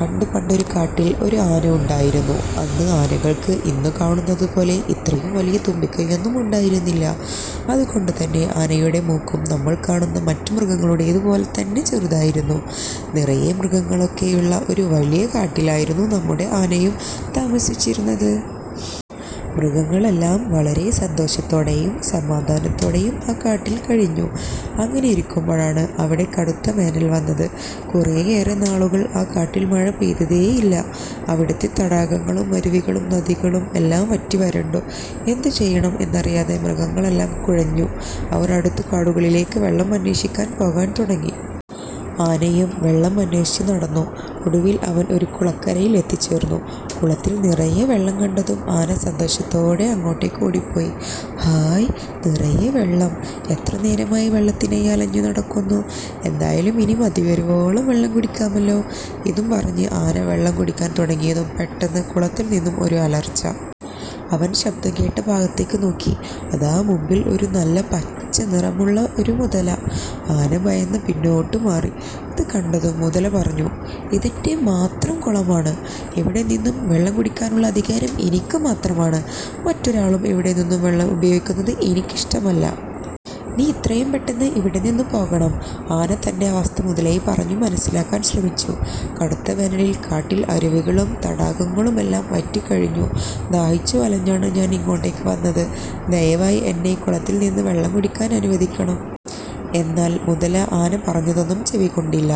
പണ്ട് പണ്ടൊരു കാട്ടിൽ ഒരു ആന ഉണ്ടായിരുന്നു. അന്ന് ആനകൾക്ക് ഇന്നു കാണുന്നതു പോലെ ഇത്രയും വലിയ തുമ്പിക്കൈയൊന്നും ഉണ്ടായിരുന്നില്ല. അതുകൊണ്ടു തന്നെ ആനയുടെ മൂക്കും നമ്മൾ കാണുന്ന മറ്റു മൃഗങ്ങളുടേതു പോലെ തന്നെ ചെറുതായിരുന്നു. നിറയെ മൃഗങ്ങളൊക്കെയുള്ള ഒരു വലിയ കാട്ടിലായിരുന്നു നമ്മുടെ ആനയും താമസിച്ചിരുന്നത്. മൃഗങ്ങളെല്ലാം വളരെ സന്തോഷത്തോടെയും സമാധാനത്തോടെയും ആ കാട്ടിൽ കഴിഞ്ഞു. അങ്ങനെയിരിക്കുമ്പോഴാണ് അവിടെ കടുത്ത വേനൽ വന്നത്. കുറേയേറെ നാളുകൾ ആ കാട്ടിൽ മഴ പെയ്തതേ ഇല്ല. അവിടത്തെ തടാകങ്ങളും അരുവികളും നദികളും എല്ലാം വറ്റി വരണ്ടു. എന്തു ചെയ്യണം എന്നറിയാതെ മൃഗങ്ങളെല്ലാം കുഴഞ്ഞു. അവർ അടുത്ത കാടുകളിലേക്ക് വെള്ളം അന്വേഷിച്ച് പോകാൻ തുടങ്ങി. ആനയും വെള്ളം അന്വേഷിച്ചു നടന്നു. ഒടുവിൽ അവൻ ഒരു കുളക്കരയിൽ എത്തിചേർന്നു. കുളത്തിൽ നിറയെ വെള്ളം കണ്ടതും ആന സന്തോഷത്തോടെ അങ്ങോട്ടേക്ക് ഓടി പോയി. "ഹായ് നിറയെ വെള്ളം, എത്ര നേരമായി വെള്ളത്തിനായി അലഞ്ഞു നടക്കുന്നു. എന്തായാലും ഇനി മതിവരുവോളം വെള്ളം കുടിക്കാമല്ലോ. " ഇതും പറഞ്ഞ് ആന വെള്ളം കുടിക്കാൻ തുടങ്ങിയതും പെട്ടെന്ന് കുളത്തിൽ നിന്നും ഒരു അലർച്ച. അവൻ ശബ്ദം കേട്ട ഭാഗത്തേക്ക് നോക്കി. അതാ മുൻപിൽ നല്ല പച്ച നിറമുള്ള ഒരു മുതല. ആന ഭയന്ന് പിന്നോട്ട് മാറി. ഇതു കണ്ടതും മുതല പറഞ്ഞു "ഇതെന്റെ മാത്രം കുളമാണ്. ഇവിടെ നിന്നും വെള്ളം കുടിക്കാനുള്ള അധികാരം എനിക്ക് മാത്രമാണ്. മറ്റൊരാളും ഇവിടെ നിന്നും വെള്ളം ഉപയോഗിക്കുന്നത് എനിക്കിഷ്ടമല്ല. നീ എത്രയും പെട്ടെന്ന് ഇവിടെ നിന്നു പോകണം. " ആന തന്റെ അവസ്ഥ മുതലയെ പറഞ്ഞു മനസ്സിലാക്കാൻ ശ്രമിച്ചു. "കടുത്ത വേനലിൽ കാട്ടിലെ അരുവികളും തടാകങ്ങളുമെല്ലാം വറ്റി കഴിഞ്ഞു. ദാഹിച്ചു വലഞ്ഞാണ് ഞാൻ ഇങ്ങോട്ടേക്ക് വന്നത്. ദയവായി എന്നെ ഈ കുളത്തിൽ നിന്ന് വെള്ളം കുടിക്കാൻ അനുവദിക്കണം. " എന്നാൽ മുതല ആന പറഞ്ഞതൊന്നും ചെവിക്കൊണ്ടില്ല.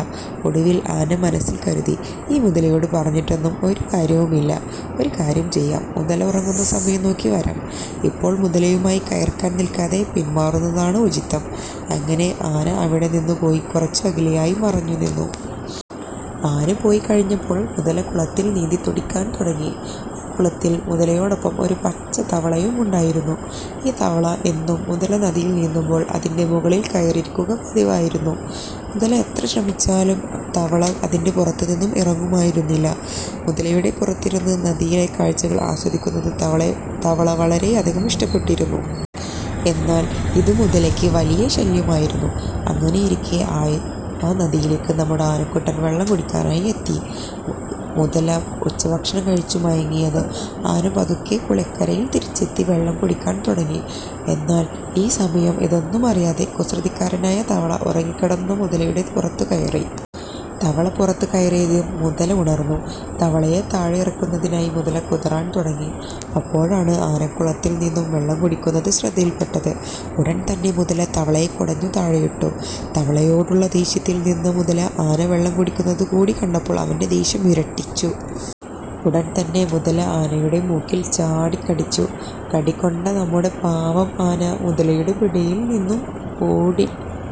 ഒടുവിൽ ആന മനസ്സിൽ കരുതി "ഈ മുതലയോട് പറഞ്ഞിട്ടൊന്നും ഒരു കാര്യവുമില്ല. ഒരു കാര്യം ചെയ്യാം മുതല ഉറങ്ങുന്ന സമയം നോക്കി വരാം. ഇപ്പോൾ മുതലയുമായി കയർക്കാൻ നിൽക്കാതെ പിൻമാറുന്നതാണ് ഉചിതം. " അങ്ങനെ ആന അവിടെ നിന്നു പോയി കുറച്ച് അകലെയായി മറഞ്ഞു നിന്നു. ആന പോയി കഴിഞ്ഞപ്പോൾ മുതല കുളത്തിൽ നീന്തിത്തുടിക്കാൻ തുടങ്ങി. ആ കുളത്തിൽ മുതലയോടൊപ്പം ഒരു പച്ച തവളയും ഉണ്ടായിരുന്നു. ഈ തവള എന്നും മുതല നദിയിൽ നീന്തുമ്പോൾ അതിന്റെ മുകളിൽ കയറിയിരിക്കുക പതിവായിരുന്നു. മുതല എത്ര ശ്രമിച്ചാലും തവള അതിന്റെ പുറത്തു നിന്നും ഇറങ്ങുമായിരുന്നില്ല. മുതലയുടെ പുറത്തിരുന്ന് നദിയിലെ കാഴ്ചകൾ ആസ്വദിക്കുന്നത് തവള വളരെയധികം ഇഷ്ടപ്പെട്ടിരുന്നു. എന്നാൽ ഇത് മുതലയ്ക്ക് വലിയ ശല്യമായിരുന്നു. അങ്ങനെയിരിക്കെ ആയിരുന്നു ആ നദിയിലേക്ക് നമ്മുടെ ആനക്കുട്ടൻ വെള്ളം കുടിക്കാനായി എത്തിയത്. മുതല ഉച്ചഭക്ഷണവും കഴിച്ചു മയങ്ങിയതും ആന പതുക്കെ കുളക്കരയിൽ തിരിച്ചെത്തി വെള്ളം കുടിക്കാൻ തുടങ്ങി. എന്നാൽ ഈ സമയം ഇതൊന്നുമറിയാതെ കുസൃതിക്കാരനായ തവള ഉറങ്ങിക്കിടന്ന മുതലയുടെ പുറത്തുകയറി. തവള പുറത്തു കയറിയതും മുതല ഉണർന്നു. തവളയെ താഴെ ഇറക്കുന്നതിനായി മുതല കുതറാൻ തുടങ്ങി. അപ്പോഴാണ് ആന കുളത്തിൽ നിന്നും വെള്ളം കുടിക്കുന്നത് മുതലയുടെ ശ്രദ്ധയിൽപ്പെട്ടത്. ഉടൻ തന്നെ മുതല തവളയെ കുടഞ്ഞു താഴെയിട്ടു. തവളയോടുള്ള ദേഷ്യത്തിൽ നിന്ന മുതല ആന വെള്ളം കുടിക്കുന്നത് കൂടി കണ്ടപ്പോൾ അവന്റെ ദേഷ്യം ഇരട്ടിച്ചു. ഉടൻ തന്നെ മുതല ആനയുടെ മൂക്കിൽ ചാടി കടിച്ചു. കടി കൊണ്ട നമ്മുടെ പാവം ആന മുതലയുടെ പിടിയിൽ നിന്നു